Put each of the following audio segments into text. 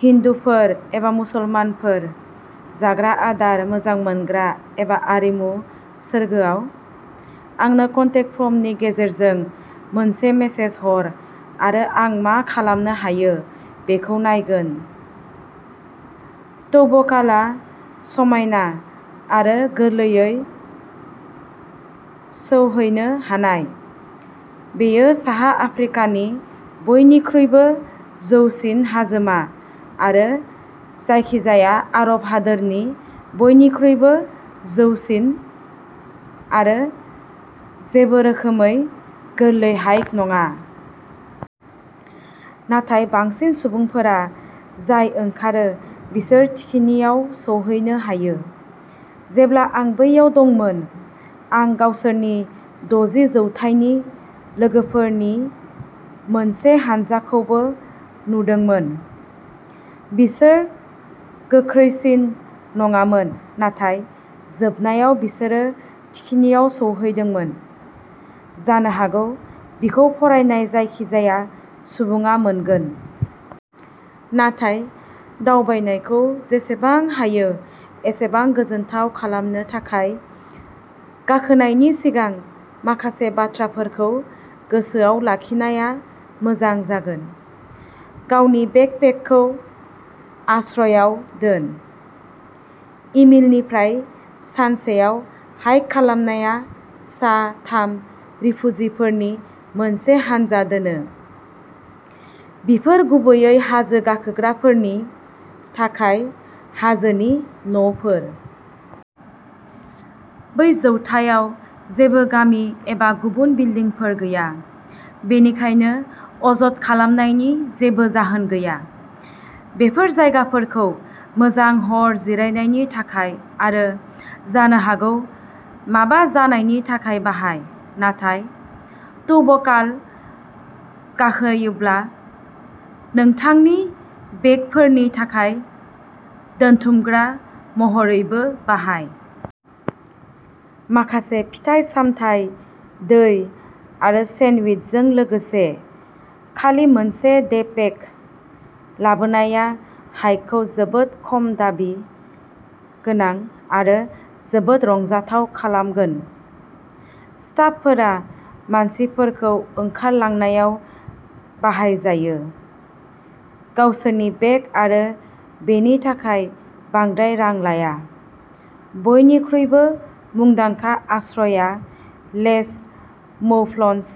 हिन्दुफोर एबा मुसलमानफोर, जाग्रा आदार मोजां मोनग्रा एबा आरिमु सोरगोआव? आंनो कन्टेक फर्मनि गेजेरजों मोनसे मेसेज हर आरो आं मा खालामनो हायो बेखौ नायगोन। तौबकालआ समायना आरो गोरलैयै सौहैनो हानाय। बेयो साहा आफ्रिकानि बयनिख्रुइबो जौसिन हाजोमा आरो जायखिजाया आरब हादोरनि बयनिख्रुइबो जौसिन आरो जेबो रोखोमै गोरलै हाइक नङा। नाथाय बांसिन सुबुंफोरा जाय ओंखारो बिसोर थिखिनियाव सौहैनो हायो। जेब्ला आं बैयाव दंमोन, आं गावसोरनि दजि जौथायनि लोगोफोरनि मोनसे हानजाखौबो नुदोंमोन। बिसोर गोख्रैसिन नङामोन, नाथाय जोबनायाव बिसोरो थिखिनियाव सौहैदोंमोन। जानो हागौ बेखौ फरायनाय जायखिजाया सुबुङा मोनगोन। नाथाय दावबायनायखौ जेसेबां हायो एसेबां गोजोनथाव खालामनो थाखाय गाखोनायनि सिगां माखासे बाथ्राफोरखौ गोसोआव लाखिनाया मोजां जागोन। गावनि बेकपेकखौ आश्रयआव दोन। इमिलनिफ्राय सानसेआव हाइक खालामनाया सा थाम रिफुजिफोरनि मोनसे हानजा दोनो। बेफोर गुबैयै हाजो गाखोग्राफोरनि थाखाय हाजोनि न'फोर। बै जौथायाव जेबो गामि एबा गुबुन बिल्डिंफोर गैया, बेनिखायनो अजद खालामनायनि जेबो जाहोन गैया। बेफोर जायगाफोरखौ मोजां हर जिरायनायनि थाखाय आरो जानो हागौ माबा जानायनि थाखाय बाहाय, नाथाय तौबकाल गाखोयोब्ला नोंथांनि बेगफोरनि थाखाय दोनथुमग्रा महरैबो बाहाय। माखासे फिथाइ-सामथाइ, दै आरो सेन्डविचजों लोगोसे खालि मोनसे डेपेक लाबोनाया हाइकखौ जोबोद खम दाबि गोनां आरो जोबोद रंजाथाव खालामगोन। स्टाफफोरा मानसिफोरखौ ओंखारलांनायाव बाहायजायो। गावसोरनि बेग आरो बेनि थाखाय बांद्राय रां लाया। बयनिख्रुइबो मुंदांखा आश्रयआ लेस मौफ्लन्स,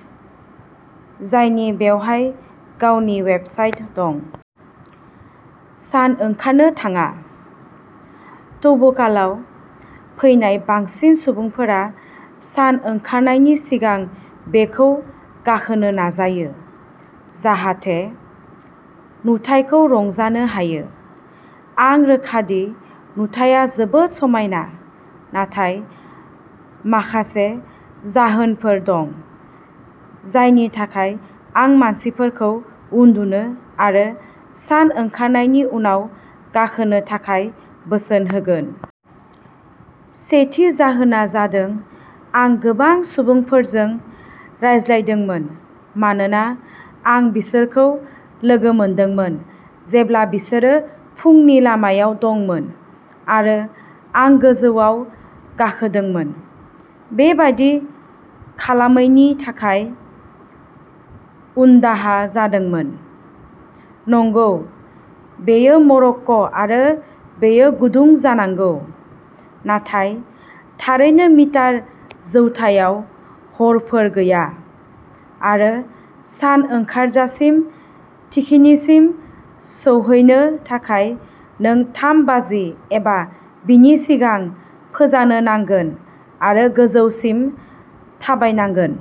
जायनि बेवहाय गावनि वेबसाइट दं। सान ओंखारनो थाङा। तौबकालाव फैनाय बांसिन सुबुंफोरा सान ओंखारनायनि सिगां बेखौ गाखोनो नाजायो, जाहाथे नुथायखौ रंजानो हायो। आं रोखा दि नुथाया जोबोद समायना, नाथाय माखासे जाहोनफोर दं जायनि थाखाय आं मानसिफोरखौ उन्दुनो आरो सान ओंखारनायनि उनाव गाखोनो थाखाय बोसोन होगोन। सेथि जाहोना जादों आं गोबां सुबुंफोरजों रायज्लायदोंमोन मानोना आं बिसोरखौ लोगो मोनदोंमोन जेब्ला बिसोरो फुंनि लामायाव दंमोन आरो आं गोजौआव गाखोदोंमोन, बेबादि खालामैनि थाखाय उनदाहा जादोंमोन। नंगौ, बेयो मरक्क'आरो बेयो गुदुं जानांगौ, नाथाय थारैनो मिटार जौथायाव हरफोर गैया आरो सान ओंखारजासिम थिखिनिसिम सौहैनो थाखाय नों थाम बाजि एबा बिनि सिगां फोजानो नांगोन आरो गोजौसिम थाबायनांगोन।